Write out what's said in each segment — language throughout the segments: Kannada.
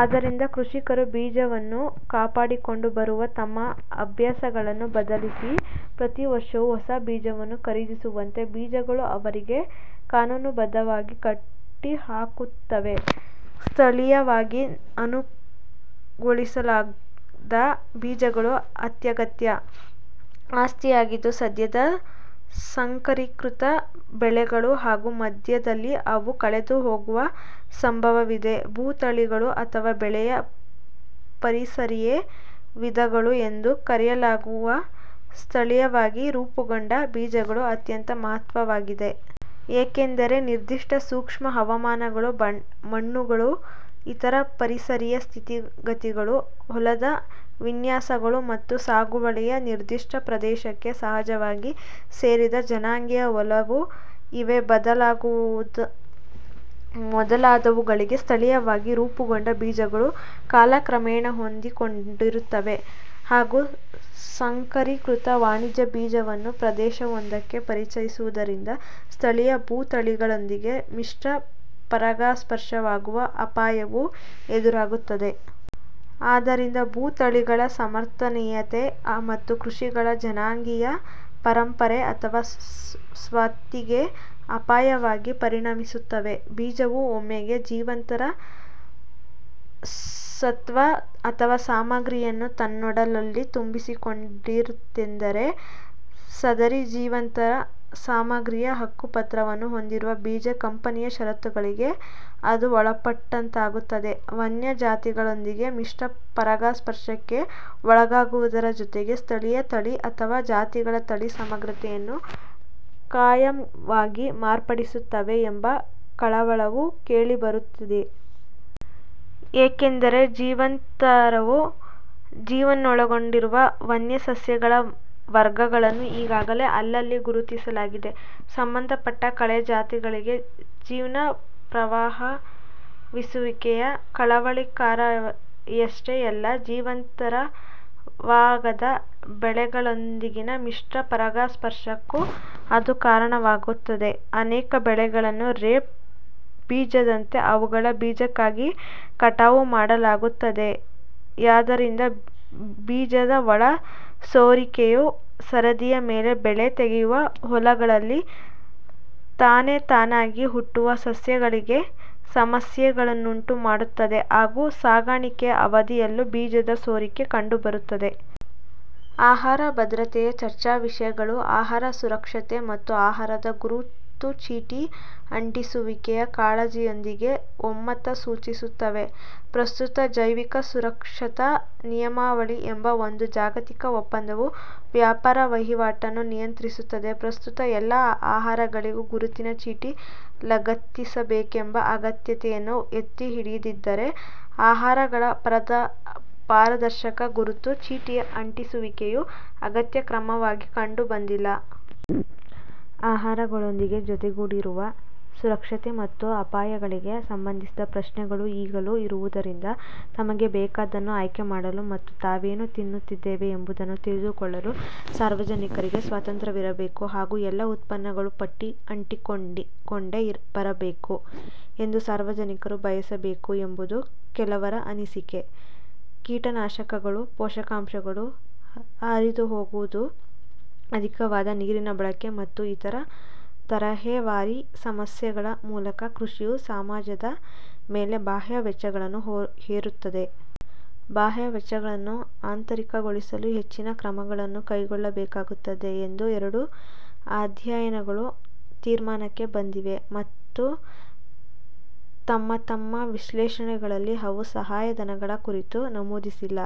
ಆದ್ದರಿಂದ, ಕೃಷಿಕರು ಬೀಜವನ್ನು ಕಾಪಾಡಿಕೊಂಡು ಬರುವ ತಮ್ಮ ಅಭ್ಯಾಸಗಳನ್ನು ಬದಲಿಸಿ, ಪ್ರತಿ ವರ್ಷವೂ ಹೊಸ ಬೀಜವನ್ನು ಖರೀದಿಸುವಂತೆ ಬೀಜಗಳು ಅವರಿಗೆ ಕಾನೂನುಬದ್ಧವಾಗಿ ಕಟ್ಟಿಹಾಕುತ್ತವೆ. ಸ್ಥಳಿಯವಾಗಿ ಅನುಗೊಳಿಸಲಾದ ಬೀಜಗಳು ಅತ್ಯಗತ್ಯ ಆಸ್ತಿಯಾಗಿದ್ದು, ಸದ್ಯದ ಸಂಕರೀಕೃತ ಬೆಳೆಗಳು ಹಾಗೂ ಮಧ್ಯದಲ್ಲಿ ಅವು ಕಳೆದುಹೋಗುವ ಸಂಭವವಿದೆ. ಭೂ ತಳಿಗಳು ಅಥವಾ ಬೆಳೆಯ ಪರಿಸರೀಯ-ವಿಧಗಳು ಎಂದೂ ಕರೆಯಲಾಗುವ ಸ್ಥಳೀಯವಾಗಿ ರೂಪುಗೊಂಡ ಬೀಜಗಳು ಅತ್ಯಂತ ಮಹತ್ತ್ವದ್ದಾಗಿವೆ. ಏಕೆಂದರೆ, ನಿರ್ದಿಷ್ಟ ಸೂಕ್ಷ್ಮ ಹವಾಮಾನಗಳು, ಮಣ್ಣುಗಳು, ಇತರ ಪರಿಸರೀಯ ಸ್ಥಿತಿಗತಿಗಳು, ಹೊಲದ ವಿನ್ಯಾಸಗಳು, ಮತ್ತು ಸಾಗುವಳಿಯ ನಿರ್ದಿಷ್ಟ ಪ್ರದೇಶಕ್ಕೆ ಸಹಜವಾಗಿ ಸೇರಿದ ಜನಾಂಗೀಯ ಒಲವು ಇವೇ ಮೊದಲಾದವುಗಳಿಗೆ ಸ್ಥಳೀಯವಾಗಿ ರೂಪುಗೊಂಡ ಬೀಜಗಳು ಕಾಲಕ್ರಮೇಣ ಹೊಂದಿಕೊಂಡಿರುತ್ತವೆ. ಹಾಗೂ ಸಂಕರೀಕೃತ ವಾಣಿಜ್ಯ ಬೀಜವನ್ನು ಪ್ರದೇಶವೊಂದಕ್ಕೆ ಪರಿಚಯಿಸುವುದರಿಂದ, ಸ್ಥಳೀಯ ಭೂ ತಳಿಗಳೊಂದಿಗೆ ಮಿಶ್ರ-ಪರಾಗಸ್ಪರ್ಶವಾಗುವ ಅಪಾಯವು ಎದುರಾಗುತ್ತದೆ. ಆದ್ದರಿಂದ, ಭೂ ತಳಿಗಳ ಸಮರ್ಥನೀಯತೆ ಮತ್ತು ಕೃಷಿಗಳ ಜನಾಂಗೀಯ ಪರಂಪರೆ ಅಥವಾ ಸ್ವತ್ತಿಗೆ ಅಪಾಯವಾಗಿ ಪರಿಣಮಿಸುತ್ತವೆ. ಬೀಜವು ಒಮ್ಮೆಗೆ ಜೀವಾಂತರ ಸತ್ವ ಅಥವಾ ಸಾಮಗ್ರಿಯನ್ನು ತನ್ನೊಡಲಲ್ಲಿ ತುಂಬಿಸಿಕೊಂಡಿತೆಂದರೆ, ಸದರಿ ಜೀವಾಂತರ ಸಾಮಗ್ರಿಯ ಹಕ್ಕುಪತ್ರವನ್ನು ಹೊಂದಿರುವ ಬೀಜ ಕಂಪನಿಯ ಷರತ್ತುಗಳಿಗೆ ಅದು ಒಳಪಟ್ಟಂತಾಗುತ್ತದೆ. ವನ್ಯ ಜಾತಿಗಳೊಂದಿಗೆ ಮಿಶ್ರ-ಪರಾಗಸ್ಪರ್ಶಕ್ಕೆ ಒಳಗಾಗುವುದರ ಜೊತೆಗೆ, ಸ್ಥಳೀಯ ತಳಿ ಅಥವಾ ಜಾತಿಗಳ ತಳಿ ಸಮಗ್ರತೆಯನ್ನು ಖಾಯಮ್ಮಾಗಿ ಮಾರ್ಪಡಿಸುತ್ತವೆ ಎಂಬ ಕಳವಳವೂ ಕೇಳಿಬರುತ್ತಿದೆ. ಏಕೆಂದರೆ, ಜೀವಾಂತರ ಜೀನ್ಗಳನ್ನೊಳಗೊಂಡಿರುವ ವನ್ಯ ಸಸ್ಯಗಳ ವರ್ಗಗಳನ್ನು ಈಗಾಗಲೇ ಅಲ್ಲಲ್ಲಿ ಗುರುತಿಸಲಾಗಿದೆ. ಸಂಬಂಧಪಟ್ಟ ಕಳೆ ಜಾತಿಗಳಿಗೆ ಜೀನ್ನ ಪ್ರವಹಿಸುವಿಕೆಯು ಕಳವಳಕಾರಿಯಷ್ಟೇ ಅಲ್ಲ, ಜೀವಾಂತರವಾಗದ ಬೆಳೆಗಳೊಂದಿಗಿನ ಮಿಶ್ರ-ಪರಾಗಸ್ಪರ್ಶಕ್ಕೂ ಅದು ಕಾರಣವಾಗುತ್ತದೆ. ಅನೇಕ ಬೆಳೆಗಳನ್ನು ರೇಪ್ ಬೀಜದಂತೆ ಅವುಗಳ ಬೀಜಕ್ಕಾಗಿ ಕಟಾವು ಮಾಡಲಾಗುತ್ತದೆಯಾದ್ದರಿಂದ, ಬೀಜದ ಒಳ-ಸೋರಿಕೆಯು ಸರದಿಯ ಮೇಲೆ ಬೆಳೆ ತೆಗೆಯುವ ಹೊಲಗಳಲ್ಲಿ ತಾನೇತಾನಾಗಿ ಹುಟ್ಟುವ ಸಸ್ಯಗಳಿಗೆ ಸಮಸ್ಯೆಯನ್ನುಂಟುಮಾಡುತ್ತದೆ, ಹಾಗೂ ಸಾಗಾಣಿಕೆಯ ಅವಧಿಯಲ್ಲೂ ಬೀಜದ-ಸೋರಿಕೆ ಕಂಡುಬರುತ್ತದೆ. ಆಹಾರ ಭದ್ರತೆಯ ಚರ್ಚಾವಿಷಯಗಳು ಆಹಾರ ಸುರಕ್ಷತೆ ಮತ್ತು ಆಹಾರದ ಗುರುತುಚೀಟಿ ಅಂಟಿಸುವಿಕೆಯ ಕಾಳಜಿಗಳೊಂದಿಗೂ ಒಮ್ಮತ ಸೂಚಿಸುತ್ತವೆ. ಪ್ರಸ್ತುತ ಜೈವಿಕ ಸುರಕ್ಷತಾ ನಿಯಮಾವಳಿ ಎಂಬ ಒಂದು ಜಾಗತಿಕ ಒಪ್ಪಂದವು ವ್ಯಾಪಾರ-ವಹಿವಾಟನ್ನು ನಿಯಂತ್ರಿಸುತ್ತದೆ. ಪ್ರಸ್ತುತ ಎಲ್ಲಾ ಆಹಾರಗಳಿಗೂ ಗುರುತಿನ ಚೀಟಿ ಲಗತ್ತಿಸಬೇಕೆಂಬ ಅಗತ್ಯತೆಯನ್ನು ಎತ್ತಿಹಿಡಿದಿದ್ದರೆ, ಆಹಾರಗಳ ಪಾರದರ್ಶಕ ಗುರುತು ಚೀಟಿಯ ಅಂಟಿಸುವಿಕೆಯು ಅಗತ್ಯ ಕ್ರಮವಾಗಿ ಕಂಡುಬಂದಿಲ್ಲ. ಆಹಾರಗಳೊಂದಿಗೆ ಜೊತೆಗೂಡಿರುವ ಸುರಕ್ಷತೆ ಮತ್ತು ಅಪಾಯಗಳಿಗೆ ಸಂಬಂಧಿಸಿದ ಪ್ರಶ್ನೆಗಳು ಈಗಲೂ ಇರುವುದರಿಂದ, ತಮಗೆ ಬೇಕಾದ್ದನ್ನು ಆಯ್ಕೆ ಮಾಡಲು ಮತ್ತು ತಾವೇನು ತಿನ್ನುತ್ತಿದ್ದೇವೆ ಎಂಬುದನ್ನು ತಿಳಿದುಕೊಳ್ಳಲು ಸಾರ್ವಜನಿಕರಿಗೆ ಸ್ವಾತಂತ್ರ್ಯವಿರಬೇಕು ಹಾಗೂ ಎಲ್ಲಾ ಉತ್ಪನ್ನಗಳೂ ಪಟ್ಟಿ ಅಂಟಿಸಿಕೊಂಡೇ ಬರಬೇಕು ಎಂದು ಸಾರ್ವಜನಿಕರು ಬಯಸಬೇಕು ಎಂಬುದು ಕೆಲವರ ಅನಿಸಿಕೆ. ಕೀಟನಾಶಕಗಳು, ಪೋಷಕಾಂಶಗಳು ಹರಿದುಹೋಗುವುದು, ಅಧಿಕವಾದ ನೀರಿನ ಬಳಕೆ, ಮತ್ತು ಇತರ ತರಹೇವಾರಿ ಸಮಸ್ಯೆಗಳ ಮೂಲಕ ಕೃಷಿಯು ಸಮಾಜದ ಮೇಲೆ ಬಾಹ್ಯ ವೆಚ್ಚಗಳನ್ನು ಹೇರುತ್ತದೆ. ಬಾಹ್ಯ ವೆಚ್ಚಗಳನ್ನು ಆಂತರಿಕಗೊಳಿಸಲು ಹೆಚ್ಚಿನ ಕ್ರಮಗಳನ್ನು ಕೈಗೊಳ್ಳಬೇಕಾಗುತ್ತದೆ ಎಂದು ಎರಡೂ ಅಧ್ಯಯನಗಳು ತೀರ್ಮಾನಕ್ಕೆ ಬಂದಿವೆ, ಮತ್ತು ತಂತಮ್ಮ ವಿಶ್ಲೇಷಣೆಗಳಲ್ಲಿ ಅವು ಸಹಾಯಧನಗಳ ಕುರಿತು ನಮೂದಿಸಿಲ್ಲ.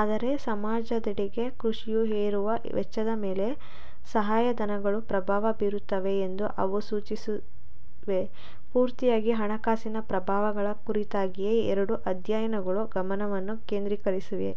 ಆದರೆ ಸಮಾಜದೆಡೆಗೆ ಕೃಷಿಯು ಹೇರುವ ವೆಚ್ಚದ ಮೇಲೆ ಸಹಾಯಧನಗಳೂ ಪ್ರಭಾವ ಬೀರುತ್ತವೆ ಎಂದು ಅವು ಸೂಚಿಸಿವೆ. ಪೂರ್ತಿಯಾಗಿ ಹಣಕಾಸಿನ ಪ್ರಭಾವಗಳ ಕುರಿತಾಗಿಯೇ ಎರಡೂ ಅಧ್ಯಯನಗಳು ಗಮನವನ್ನು ಕೇಂದ್ರೀಕರಿಸಿವೆ.